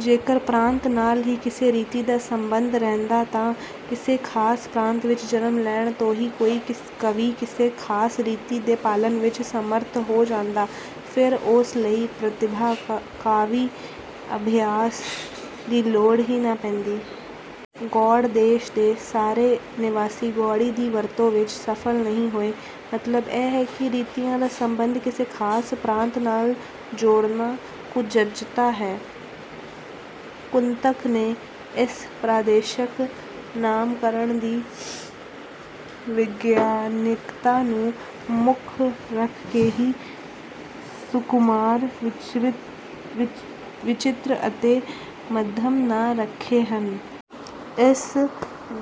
ਜੇਕਰ ਪ੍ਰਾਂਤ ਨਾਲ ਹੀ ਕਿਸੇ ਰੀਤੀ ਦਾ ਸਬੰਧ ਰਹਿੰਦਾ ਤਾਂ ਕਿਸੇ ਖਾਸ ਪ੍ਰਾਂਤ ਵਿੱਚ ਜਨਮ ਲੈਣ ਤੋਂ ਹੀ ਕੋਈ ਕਵੀ ਕਿਸੇ ਖਾਸ ਰੀਤੀ ਦੇ ਪਾਲਨ ਵਿੱਚ ਸਮਰਥ ਹੋ ਜਾਂਦਾ। ਫਿਰ ਉਸ ਲਈ ਪ੍ਰਤਿਭਾ, ਕਾਵਿ-ਅਭਿਆਸ ਦੀ ਲੋੜ ਹੀ ਨਾ ਪੈਂਦੀ। ਗੌੜ ਦੇਸ਼ ਦੇ ਸਾਰੇ ਨਿਵਾਸੀ ਗੌੜੀ ਦੀ ਵਰਤੋਂ ਵਿੱਚ ਸਫਲ ਨਹੀਂ ਹੋਏ। ਮਤਲਬ ਇਹ ਹੈ ਕਿ ਰੀਤੀਆਂ ਦਾ ਸਬੰਧ ਕਿਸੇ ਖਾਸ ਪ੍ਰਾਂਤ ਨਾਲ ਜੋੜਨਾ ਕੁਚੱਜਤਾ ਹੈ। ਕੁੰਤਕ ਨੇ ਇਸ ਪ੍ਰਾਦੇਸ਼ਕ ਨਾਮਕਰਣ ਦੀ ਵਿਗਿਆਨਿਕਤਾ ਨੂੰ ਮੁੱਖ ਰੱਖ ਕੇ ਹੀ ਸੁਕੁਮਾਰ, ਵਿਚਿਤ੍ਰ ਅਤੇ ਮੱਧਮ ਨਾਂ ਰੱਖੇ ਹਨ। ਇਸ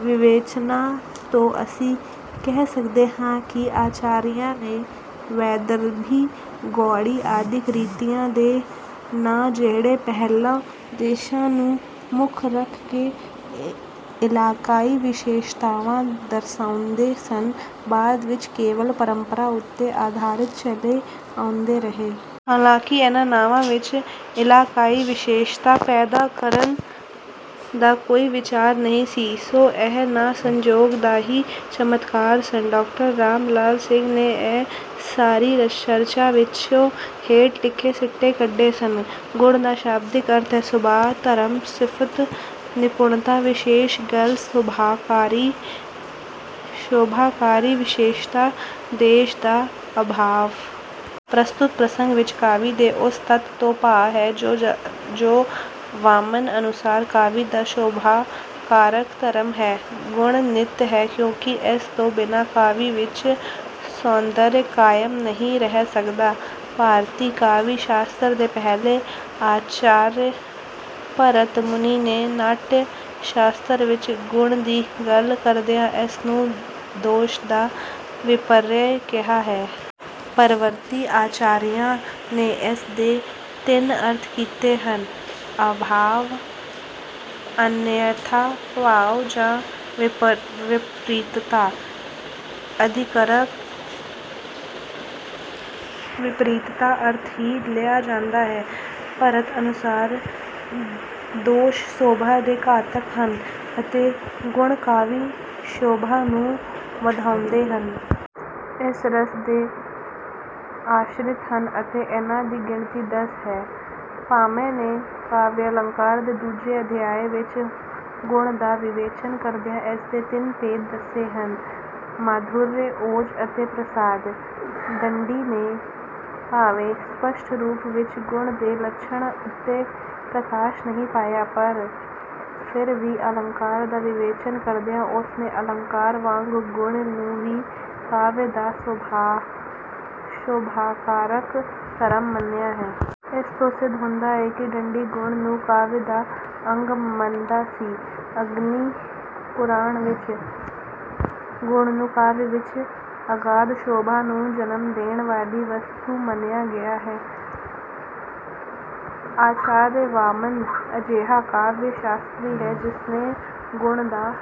ਵਿਵੇਚਨਾ ਤੋਂ ਅਸੀਂ ਕਹਿ ਸਕਦੇ ਹਾਂ ਕਿ ਆਚਾਰੀਆਂ ਨੇ ਵੈਦਰਭੀ, ਗੌੜੀ ਆਦਿਕ ਰੀਤੀਆਂ ਦੇ ਨਾਂ ਜਿਹੜੇ ਪਹਿਲਾਂ ਦੇਸ਼ਾਂ ਨੂੰ ਮੁੱਖ ਰੱਖ ਕੇ ਇਲਾਕਾਈ ਵਿਸ਼ੇਸ਼ਤਾਵਾਂ ਦਰਸਾਉਂਦੇ ਸਨ, ਬਾਅਦ ਵਿੱਚ ਕੇਵਲ ਪਰੰਪਰਾ ਉੱਤੇ ਆਧਾਰਿਤ ਚਲੇ ਆਉਂਦੇ ਰਹੇ। ਹਾਲਾਂਕਿ ਇਨ੍ਹਾਂ ਨਾਵਾਂ ਵਿੱਚ ਇਲਾਕਾਈ ਵਿਸ਼ੇਸ਼ਤਾ ਪੈਦਾ ਕਰਨ ਦਾ ਕੋਈ ਵਿਚਾਰ ਨਹੀਂ ਸੀ। ਸੋ ਇਹ ਨਾਂ ਸੰਯੋਗ ਦਾ ਹੀ ਚਮਤਕਾਰ ਸਨ। ਡਾ. ਰਾਮਲਾਲ ਸਿੰਘ ਨੇ ਇਸ ਸਾਰੀ ਚਰਚਾ ਵਿੱਚੋਂ ਹੇਠ ਲਿਖੇ ਸਿੱਟੇ ਕੱਢੇ ਹਨ - ਗੁਣ ਦਾ ਸ਼ਾਬਦਿਕ ਅਰਥ ਹੈ - ਸੁਭਾਅ, ਧਰਮ, ਸਿਫ਼ਤ, ਨਿਪੁਣਤਾ, ਵਿਸ਼ੇਸ਼ ਗੱਲ, ਸ਼ੋਭਾਕਾਰੀ ਵਿਸ਼ੇਸ਼ਤਾ, ਦੇਸ਼ ਦਾ ਅਭਾਵ। ਪ੍ਰਸਤੁਤ ਪ੍ਰਸੰਗ ਵਿੱਚ ਕਾਵਿ ਦੇ ਉਸ ਤੱਤ ਤੋਂ ਭਾਵ ਹੈ ਜੋ ਵਾਮਨ ਅਨੁਸਾਰ ਕਾਵਿ ਦਾ ਸ਼ੋਭਾਕਾਰਕ ਧਰਮ ਹੈ। ਗੁਣ ਨਿੱਤ ਹੈ ਕਿਉਂਕਿ ਇਸ ਤੋਂ ਬਿਨਾਂ ਕਾਵਿ ਵਿੱਚ ਸੌਂਦਰਯ ਕਾਇਮ ਨਹੀਂ ਰਹਿ ਸਕਦਾ। ਭਾਰਤੀ ਕਾਵਿ-ਸ਼ਾਸਤਰ ਦੇ ਪਹਿਲੇ ਆਚਾਰਯ ਭਰਤ ਮੁਨੀ ਨੇ ਨਾਟਯ-ਸ਼ਾਸਤਰ ਵਿੱਚ ਗੁਣ ਦੀ ਗੱਲ ਕਰਦਿਆਂ ਇਸ ਨੂੰ ਦੋਸ਼ ਦਾ ਵਿਪਰਯਯ ਕਿਹਾ ਹੈ। ਪਰਵਰਤੀ ਆਚਾਰੀਆਂ ਨੇ ਇਸ ਦੇ ਤਿੰਨ ਅਰਥ ਕੀਤੇ ਹਨ - ਅਭਾਵ, ਅਨਨ੍ਯਥਾ ਭਾਵ ਜਾਂ ਵਿਪਰੀਤਤਾ। ਅਧਿਕਤਰ ਵਿਪਰੀਤਤਾ ਅਰਥ ਹੀ ਲਿਆ ਜਾਂਦਾ ਹੈ। ਭਰਤ ਅਨੁਸਾਰ ਦੋਸ਼ ਸ਼ੋਭਾ ਦੇ ਘਾਤਕ ਹਨ ਅਤੇ ਗੁਣ ਕਾਵਿ-ਸ਼ੋਭਾ ਨੂੰ ਵਧਾਉਂਦੇ ਹਨ। ਇਹ ਰਸ ਦੇ ਆਸ਼ਰਿਤ ਹਨ ਅਤੇ ਇਨ੍ਹਾਂ ਦੀ ਗਿਣਤੀ ਦਸ ਹੈ। ਭਾਮਹ ਨੇ ਕਾਵਯਾਲੰਕਾਰ ਦੇ ਦੂਜੇ ਅਧਿਆਇ ਵਿੱਚ ਗੁਣ ਦਾ ਵਿਵੇਚਨ ਕਰਦਿਆਂ ਇਸਦੇ ਤਿੰਨ ਭੇਦ ਦੱਸੇ ਹਨ - ਮਾਧੁਰਯ, ਓਜ ਅਤੇ ਪ੍ਰਸਾਦ। ਦੰਡੀ ਨੇ ਭਾਵੇਂ ਸਪੱਸ਼ਟ ਰੂਪ ਵਿੱਚ ਗੁਣ ਦੇ ਲੱਛਣ ਉੱਤੇ ਪ੍ਰਕਾਸ਼ ਨਹੀਂ ਪਾਇਆ, ਪਰ ਫਿਰ ਵੀ ਆਲੰਕਾਰ ਦਾ ਵਿਵੇਚਨ ਕਰਦਿਆਂ ਉਸ ਨੇ ਆਲੰਕਾਰ ਵਾਂਗ ਗੁਣ ਨੂੰ ਵੀ ਕਾਵਿ ਦਾ ਸ਼ੋਭਾਕਾਰਕ ਧਰਮ ਮੰਨਿਆ ਹੈ। ਇਸ ਤੋਂ ਸਿੱਧ ਹੁੰਦਾ ਹੈ ਕਿ ਦੰਡੀ ਗੁਣ ਨੂੰ ਕਾਵਿ ਦਾ ਅੰਗ ਮੰਨਦਾ ਸੀ। ਅਗਨਿ ਪੁਰਾਣ ਵਿੱਚ ਗੁਣ ਨੂੰ ਕਾਵਿ ਵਿੱਚ ਅਗਾਧ ਸ਼ੋਭਾ ਨੂੰ ਜਨਮ ਦੇਣ ਵਾਲੀ ਵਸਤੂ ਮੰਨਿਆ ਗਿਆ ਹੈ। ਆਚਾਰਯ ਵਾਮਨ ਅਜਿਹਾ ਕਾਵਿ-ਸ਼ਾਸਤਰੀ ਹੈ ਜਿਸਨੇ ਗੁਣ ਦਾ